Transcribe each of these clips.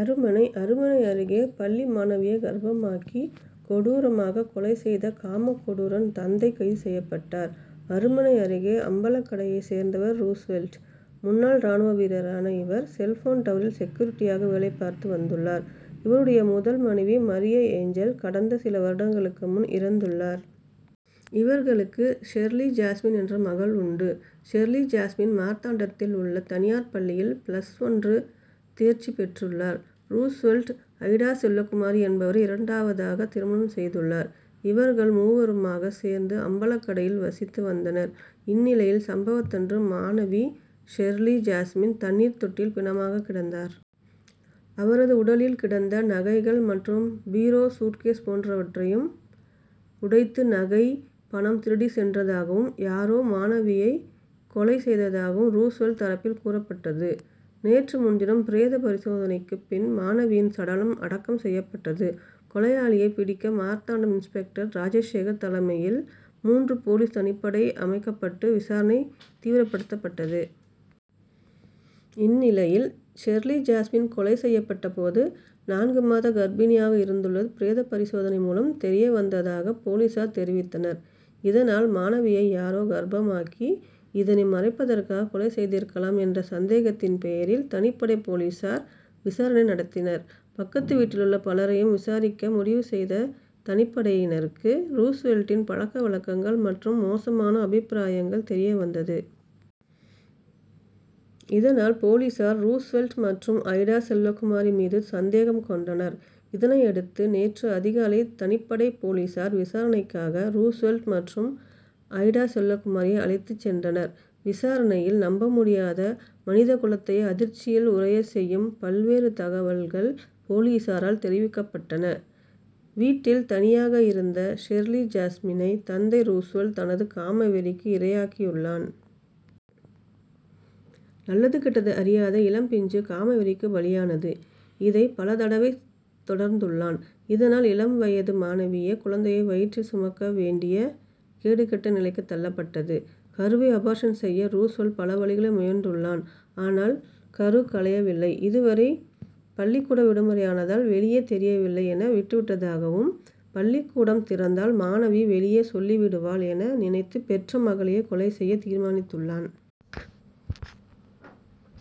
அருமனை அருமனை அருகே பள்ளி மாணவியை கர்ப்பமாக்கி கொடூரமாக கொலை செய்த காமக்கொடூரன் தந்தை கைது செய்யப்பட்டார். அருமனை அருகே அம்பலக்கடையை சேர்ந்தவர் றூஸ்வெல்ட். முன்னாள் ராணுவ வீரரான இவர் செல்போன் டவரில் செக்யூரிட்டியாக வேலைபார்த்து வந்துள்ளார். இவருடைய முதல் மனைவி மரியஏஞ்சல் கடந்த சில வருடங்களுக்கு முன் இறந்துள்ளார். இவர்களுக்கு ஷெர்லிஜாஸ்மின் என்ற மகள் உண்டு. ஷெர்லிஜாஸ்மின் மார்த்தாண்டத்தில் உள்ள தனியார் பள்ளியில் பிளஸ் ஒன்று தேர்ச்சி பெற்றுள்ளார். றூஸ்வெல்ட், ஐடாசெல்வகுமாரி என்பவரை இரண்டாவதாக திருமணம் செய்துள்ளார். இவர்கள் மூவருமாக சேர்ந்து அம்பலக்கடையில் வசித்து வந்தனர். இந்நிலையில் சம்பவத்தன்று மாணவி ஷெர்லிஜாஸ்மின் தண்ணீர் தொட்டியில் பிணமாக கிடந்தார். அவரது உடலில் கிடந்த நகைகள் மற்றும் பீரோ, சூட்கேஸ் போன்றவற்றையும் உடைத்து நகை, பணம் திருடி சென்றதாகவும் யாரோ மாணவியை கொலை செய்ததாகவும் றூஸ்வெல்ட் தரப்பில் கூறப்பட்டது. நேற்று முன்தினம் பிரேத பரிசோதனைக்கு பின் மாணவியின் சடலம் அடக்கம் செய்யப்பட்டது. கொலையாளியை பிடிக்க மார்த்தாண்டம் இன்ஸ்பெக்டர் ராஜசேகர் தலைமையில் மூன்று போலீஸ் தனிப்படை அமைக்கப்பட்டு விசாரணை தீவிரப்படுத்தப்பட்டது. இந்நிலையில் ஷெர்லிஜாஸ்மின் கொலை செய்யப்பட்ட போது நான்கு மாத கர்ப்பிணியாக இருந்துள்ளது பிரேத பரிசோதனை மூலம் தெரியவந்ததாக போலீசார் தெரிவித்தனர். இதனால் மாணவியை யாரோ கர்ப்பமாக்கி, இதனை மறைப்பதற்காக கொலை செய்திருக்கலாம் என்ற சந்தேகத்தின் பெயரில் தனிப்படை போலீசார் விசாரணை நடத்தினர். பக்கத்து வீட்டிலுள்ள பலரையும் விசாரிக்க முடிவு செய்த தனிப்படையினருக்கு றூஸ்வெல்ட்டின் பழக்கவழக்கங்கள் மற்றும் மோசமான அபிப்பிராயங்கள் தெரியவந்தது. இதனால் போலீசார் றூஸ்வெல்ட் மற்றும் ஐடா செல்வகுமாரி மீது சந்தேகம் கொண்டனர். இதனையடுத்து நேற்று அதிகாலை தனிப்படை போலீசார் விசாரணைக்காக றூஸ்வெல்ட் மற்றும் ஐடா செல்வகுமாரியை அழைத்து சென்றனர். விசாரணையில் நம்பமுடியாத மனித குலத்தையே அதிர்ச்சியில் உறைய செய்யும் பல்வேறு தகவல்கள் போலீசாரால் தெரிவிக்கப்பட்டன. வீட்டில் தனியாக இருந்த ஷெர்லிஜாஸ்மினை தந்தை றூஸ்வெல்ட் தனது காமவெறிக்கு இரையாக்கியுள்ளான். நல்லது கெட்டது அறியாத இளம்பிஞ்சு காமவெறிக்கு பலியானது. இதை பலதடவை தொடர்ந்துள்ளான். இதனால் இளம் வயது மாணவியே குழந்தையை வயிற்றில் சுமக்கவேண்டிய கேடுகெட்ட நிலைக்கு தள்ளப்பட்டது. கருவை அபார்ஷன் செய்ய றூஸ்வெல்ட் பலவழிகளில் முயன்றுள்ளான். ஆனால் கரு கலையவில்லை. இதுவரை பள்ளிக்கூட விடுமுறையானதால் வெளியே தெரியவில்லை என விட்டுவிட்டதாகவும், பள்ளிக்கூடம் திறந்தால் மாணவி வெளியே சொல்லிவிடுவாள் என நினைத்து பெற்ற மகளையே கொலை செய்ய தீர்மானித்துள்ளான்.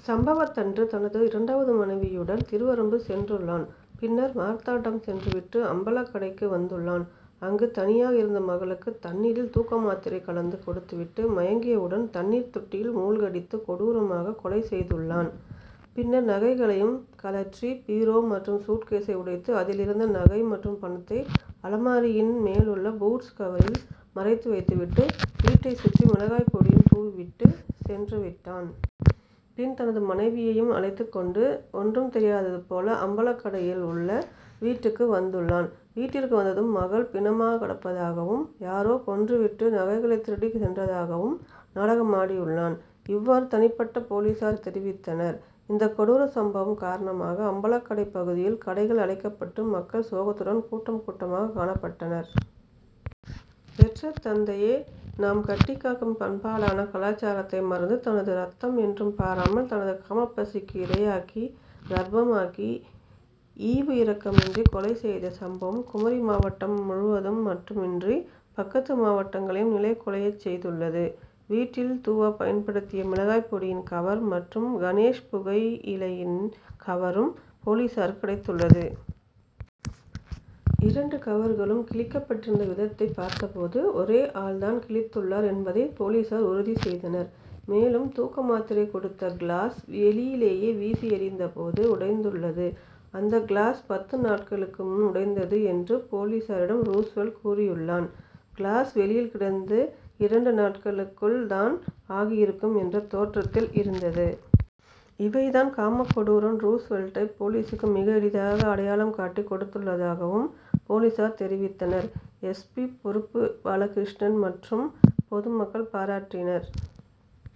சம்பவத்தன்று தனது இரண்டாவது மனைவியுடன் திருவரம்பு சென்றுள்ளான். பின்னர் மார்த்தாண்டம் சென்றுவிட்டு அம்பலக்கடைக்கு வந்துள்ளான். அங்கு தனியாக இருந்த மகளுக்கு தண்ணீரில் தூக்கமாத்திரை கலந்து கொடுத்துவிட்டு மயங்கியவுடன் தண்ணீர் தொட்டியில் மூழ்கடித்து கொடூரமாக கொலை செய்துள்ளான். பின்னர் நகைகளையும் கழற்றி பீரோ மற்றும் சூட்கேசை உடைத்து அதிலிருந்த நகை மற்றும் பணத்தை அலமாரியின் மேலுள்ள பூட்ஸ் கவரில் மறைத்து வைத்துவிட்டு வீட்டை சுற்றி மிளகாய் பொடியும் தூவிவிட்டு சென்றுவிட்டான். பின் தனது மனைவியையும் அழைத்துகொண்டு ஒன்றும் தெரியாதது போல் அம்பலக்கடையில் உள்ள வீட்டுக்கு வந்துள்ளான். வீட்டிற்கு வந்ததும் மகள் பிணமாக கிடப்பதாகவும், யாரோ கொன்றுவிட்டு நகைகளை திருடி சென்றதாகவும் நாடகமாடியுள்ளான். இவ்வாறு தனிப்படை போலீசார் தெரிவித்தனர். இந்த கொடூர சம்பவம் காரணமாக அம்பலக்கடை பகுதியில் கடைகள் அடைக்கப்பட்டு மக்கள் சோகத்துடன் கூட்டம் கூட்டமாக காணப்பட்டனர். பெற்ற தந்தையே நாம் கட்டிக் காக்கும் பண்பாடான கலாச்சாரத்தை மறந்து தனது ரத்தம் என்றும் பாராமல் தனது காமப்பசிக்கு இரையாக்கி கர்ப்பமாக்கி ஈவு இரக்கமின்றி கொலை செய்த சம்பவம் குமரி மாவட்டம் முழுவதும் மட்டுமின்றி பக்கத்து மாவட்டங்களையும் நிலைகுலைய செய்துள்ளது. வீட்டில் தூவ பயன்படுத்திய மிளகாய் பொடியின் கவர் மற்றும் கணேஷ் புகையிலையின் கவரும் போலீசாருக்கு கிடைத்துள்ளது. இரண்டு கவர்களும் கிழிக்கப்பட்டிருந்த விதத்தை பார்த்தபோது ஒரே ஆள்தான் கிழித்துள்ளார் என்பதை போலீசார் உறுதி செய்தனர். மேலும் தூக்க மாத்திரை கொடுத்த கிளாஸ் வெளியிலேயே வீசி எறிந்தபோது உடைந்துள்ளது. அந்த கிளாஸ் பத்து நாட்களுக்கு முன் உடைந்தது என்று போலீசாரிடம் றூஸ்வெல்ட் கூறியுள்ளான். கிளாஸ் வெளியில் கிடந்து இரண்டு நாட்களுக்குள் தான் ஆகியிருக்கும் என்ற தோற்றத்தில் இருந்தது. இவைதான் காமக்கொடூரன் றூஸ்வெல்ட்டு போலீசுக்கு மிக எளிதாக அடையாளம் காட்டி கொடுத்துள்ளதாகவும் போலீசார் தெரிவித்தனர். எஸ். பி., பொறுப்பு பாலகிருஷ்ணன் மற்றும் பொதுமக்கள் பாராட்டினர்.